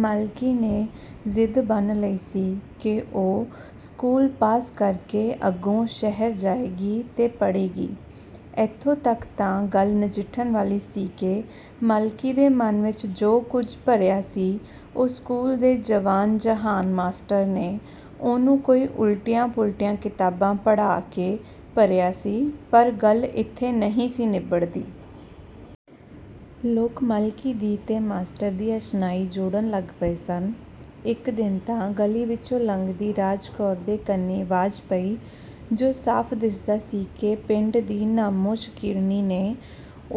ਮਲਕੀ ਨੇ ਜ਼ਿਦ ਬੰਨ੍ਹ ਲਈ ਸੀ ਕਿ ਉਹ ਸਕੂਲ ਪਾਸ ਕਰ ਕੇ ਅੱਗੋਂ ਸ਼ਹਿਰ ਜਾਏਗੀ, ਤੇ ਪੜ੍ਹੇਗੀ। ਏਥੋਂ ਤਕ ਤਾਂ ਗੱਲ ਨਜਿੱਠਣ ਵਾਲੀ ਸੀ ਕਿ ਮਲਕੀ ਦੇ ਮਨ ਵਿਚ ਜੋ ਕੁਝ ਭਰਿਆ ਸੀ, ਉਹ ਸਕੂਲ ਦੇ ਜਵਾਨ ਜਹਾਨ ਮਾਸਟਰ ਨੇ ਉਹਨੂੰ ਕੋਈ ਉਲਟੀਆਂ ਪੁਲਟੀਆਂ ਕਿਤਾਬਾਂ ਪੜ੍ਹਾ ਕੇ ਭਰਿਆ ਸੀ, ਪਰ ਗੱਲ ਏਥੇ ਨਹੀਂ ਸੀ ਨਿੱਬੜਦੀ। ਲੋਕ ਮਲਕੀ ਦੀ ਤੇ ਮਾਸਟਰ ਦੀ ਅਸ਼ਨਾਈ ਜੋੜਨ ਲੱਗ ਪਏ ਸਨ। ਇਕ ਦਿਨ ਤਾਂ ਗਲੀ ਵਿਚੋਂ ਲੰਘਦੀ ਰਾਜ ਕੌਰ ਦੇ ਕੰਨੀਂ ਵਾਜ ਪਈ, ਜੁ ਸਾਫ਼ ਦਿਸਦਾ ਸੀ ਕਿ ਪਿੰਡ ਦੀ ਨ੍ਹਾਮੋ ਸ਼ਰੀਕਣੀ ਨੇ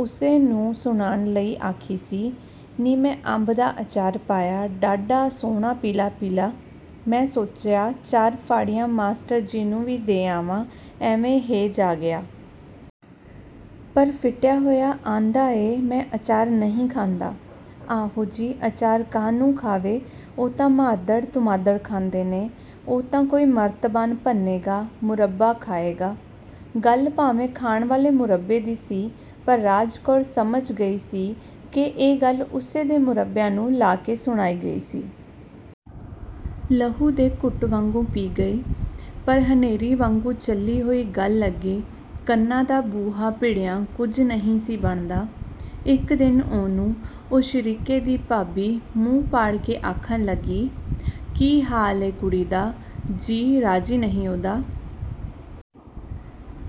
ਉਸੇ ਨੂੰ ਸੁਨਾਣ ਲਈ ਆਖੀ ਸੀ "ਨੀ ਮੈਂ ਅੰਬ ਦਾ ਅਚਾਰ ਪਾਇਆ, ਡਾਢਾ ਸੋਹਣਾ ਪੀਲਾ ਪੀਲਾ, ਮੈਂ ਸੋਚਿਆ ਚਾਰ ਫਾੜੀਆਂ ਮਾਸਟਰ ਜੀ ਨੂੰ ਵੀ ਦੇ ਆਵਾਂ, ਐਵੇਂ ਹੇਜ ਆ ਗਿਆ। ਪਰ ਫਿਟਿਆ ਹੋਇਆ ਆਂਹਦਾ ਏ – ਮੈਂ ਅਚਾਰ ਨਹੀਂ ਖਾਂਦਾ। ਆਹੋ ਜੀ! ਅਚਾਰ ਕਾਹਨੂੰ ਖਾਵੇ, ਉਹ ਤਾਂ ਮ੍ਹਾਦੜ ਤੁਮ੍ਹਾਤੜ ਖਾਂਦੇ ਨੇ, ਉਹ ਤਾਂ ਕੋਈ ਮਰਤਬਾਨ ਭੰਨੇਗਾ, ਮੁਰੱਬਾ ਖਾਏਗਾ… " ਗੱਲ ਭਾਵੇਂ ਖਾਣ ਵਾਲੇ ਮੁਰੱਬੇ ਦੀ ਸੀ, ਪਰ ਰਾਜ ਕੌਰ ਸਮਝ ਗਈ ਕਿ ਇਹ ਗੱਲ ਉਸੇ ਦੇ ਮੁਰੱਬਿਆਂ ਨੂੰ ਲਾ ਕੇ ਸੁਣਾਈ ਗਈ ਸੀ। ਲਹੂ ਦੇ ਘੁੱਟ ਵਾਂਗੂੰ ਪੀ ਗਈ। ਪਰ ਹਨੇਰੀ ਵਾਂਗੂੰ ਚੱਲੀ ਹੋਈ ਗੱਲ ਅੱਗੇ ਕੰਨਾਂ ਦਾ ਬੂਹਾ ਭੀੜਿਆਂ ਕੁਝ ਨਹੀਂ ਸੀ ਬਣਦਾ। ਇਕ ਦਿਨ ਉਹਨੂੰ ਉਹ ਸ਼ਰੀਕੇ ਦੀ ਭਾਬੀ ਮੂੰਹ ਪਾੜ ਕੇ ਆਖਣ ਲੱਗੀ – "ਕੀ ਹਾਲ ਏ ਕੁੜੀ ਦਾ, ਜੀ ਰਾਜੀ ਨਹੀਂ ਉਹਦਾ?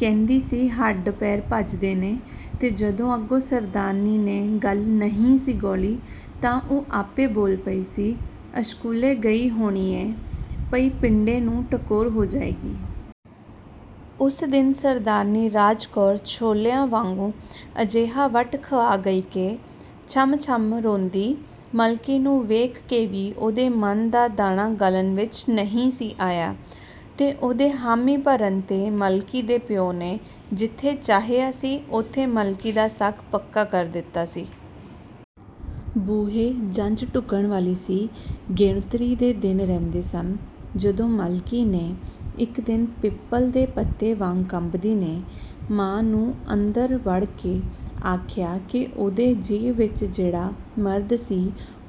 ਕਹਿੰਦੀ ਸੀ ਹੱਡ ਪੈਰ ਭੱਜਦੇ ਨੇ… " ਤੇ ਜਦੋਂ ਅੱਗੋਂ ਸਰਦਾਰਨੀ ਨੇ ਗੱਲ ਨਹੀਂ ਸੀ ਗੌਲੀ ਤਾਂ ਉਹ ਆਪੇ ਬੋਲ ਪਈ ਸੀ "ਅਸ਼ਕੂਲੇ ਗਈ ਹੋਣੀ ਏਂ – ਪਈ ਪਿੰਡੇ ਨੂੰ ਟਕੋਰ ਹੋ ਜਾਏਗੀ…? " ਉਸ ਦਿਨ ਸਰਦਾਰਨੀ ਰਾਜ ਕੌਰ ਛੋਲਿਆਂ ਵਾਂਗੂੰ ਅਜਿਹਾ ਵੱਟ ਖਆ ਗਈ ਕਿ ਛਮ ਛਮ ਰੋਂਦੀ ਮਲਕੀ ਨੂੰ ਵੇਖ ਕੇ ਵੀ ਉਹਦੇ ਮਨ ਦਾ ਦਾਣਾ ਗਲਣ ਵਿਚ ਨਹੀਂ ਸੀ ਆਇਆ। ਤੇ ਉਹਦੇ ਹਾਮੀ ਭਰਨ ਤੇ ਮਲਕੀ ਦੇ ਪਿਉ ਨੇ ਜਿਥੇ ਚਾਹਿਆ ਸੀ, ਉਥੇ ਮਲਕੀ ਦਾ ਸਾਕ ਪੱਕਾ ਕਰ ਦਿੱਤਾ ਸੀ। ਬੂਹੇ ਜੰਝ ਢੁੱਕਣ ਵਾਲੀ ਸੀ, ਗੇਣਤਰੀ ਦੇ ਦਿਨ ਰਹਿੰਦੇ ਸਨ, ਜਦੋਂ ਮਲਕੀ ਨੇ, ਇਕ ਦਿਨ ਪਿੱਪਲ ਦੇ ਪੱਤੇ ਵਾਂਗ ਕੰਬਦੀ ਨੇ, ਮਾਂ ਨੂੰ ਅੰਦਰ ਵੜ ਕੇ ਆਖਿਆ ਕਿ ਉਹਦੇ ਜੀਅ ਵਿਚ ਜਿਹੜਾ ਮਰਦ ਸੀ,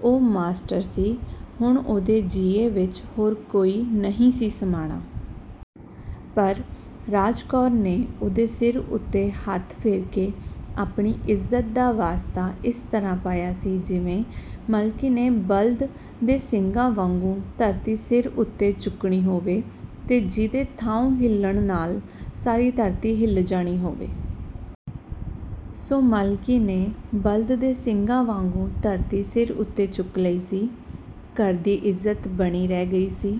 ਉਹ ਮਾਸਟਰ ਸੀ, ਹੁਣ ਉਹਦੇ ਜੀਏ ਵਿਚ ਹੋਰ ਕੋਈ ਨਹੀਂ ਸੀ ਸਮਾਣਾ। ਪਰ ਰਾਜ ਕੌਰ ਨੇ ਉਹਦੇ ਸਿਰ ਉਤੇ ਹੱਥ ਫੇਰ ਕੇ ਆਪਣੀ ਇੱਜ਼ਤ ਦਾ ਵਾਸਤਾ ਇਸ ਤਰ੍ਹਾਂ ਪਾਇਆ ਸੀ – ਜਿਵੇਂ ਮਲਕੀ ਨੇ ਬਲਦ ਦੇ ਸਿੰਗਾਂ ਵਾਂਗੂੰ ਧਰਤੀ ਸਿਰ ਉਤੇ ਚੁੱਕਣੀ ਹੋਵੇ, ਤੇ ਜਿਹਦੇ ਥਾਉਂ ਹਿੱਲਣ ਨਾਲ ਸਾਰੀ ਧਰਤੀ ਹਿੱਲ ਜਾਣੀ ਹੋਵੇ। ਸੋ ਮਲਕੀ ਨੇ ਬਲਦ ਦੇ ਸਿੰਗਾਂ ਵਾਂਗੂੰ ਧਰਤੀ ਸਿਰ ਉਤੇ ਚੁੱਕ ਲਈ ਸੀ। ਘਰ ਦੀ ਇੱਜ਼ਤ ਬਣੀ ਰਹਿ ਗਈ ਸੀ।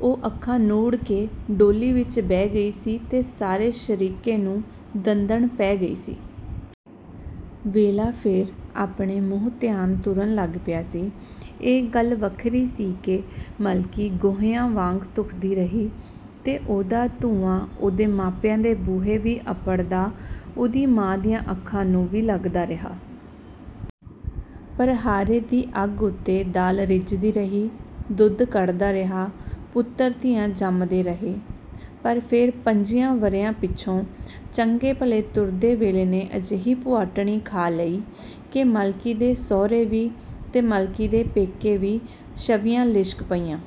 ਉਹ ਅੱਖਾਂ ਨੂੜ ਕੇ ਡੋਲੀ ਵਿਚ ਬਹਿ ਗਈ ਸੀ ਤੇ ਸਾਰੇ ਸ਼ਰੀਕੇ ਨੂੰ ਦੰਦਣ ਪੈ ਗਈ ਸੀ। ਵੇਲਾ ਫੇਰ ਆਪਣੇ ਮੂੰਹ ਧਿਆਨ ਤੁਰਨ ਲੱਗ ਪਿਆ ਸੀ। ਇਹ ਗੱਲ ਵੱਖਰੀ ਸੀ ਕਿ ਮਲਕੀ ਗੋਹਿਆਂ ਵਾਂਗ ਧੁਖਦੀ ਰਹੀ, ਤੇ ਉਹਦਾ ਧੂੰਆਂ ਉਹਦੇ ਮਾਪਿਆਂ ਦੇ ਬੂਹੇ ਵੀ ਅੱਪੜਦਾ ਉਹਦੀ ਮਾਂ ਦੀਆਂ ਅੱਖਾਂ ਨੂੰ ਵੀ ਲਗਦਾ ਰਿਹਾ। ਪਰ ਹਾਰੇ ਦੀ ਅੱਗ ਉੱਤੇ ਦਾਲ ਰਿਝਦੀ ਰਹੀ, ਦੁਧ ਕੜ੍ਹਦਾ ਰਿਹਾ, ਪੁੱਤਰ ਧੀਆਂ ਜੰਮਦੇ ਰਹੇ.. ਪਰ ਫੇਰ ਪੰਝੀਆਂ ਵਰ੍ਹਿਆਂ ਪਿਛੋਂ ਚੰਗੇ ਭਲੇ ਤੁਰਦੇ ਵੇਲੇ ਨੇ ਅਜਿਹੀ ਭੁਆਟਣੀ ਖਾ ਲਈ ਕਿ ਮਲਕੀ ਦੇ ਸਹੁਰੇ ਵੀ ਤੇ ਮਲਕੀ ਦੇ ਪੇਕੇ ਵੀ ਛਵ੍ਹੀਆਂ ਲਿਸ਼ਕ ਪਈਆਂ।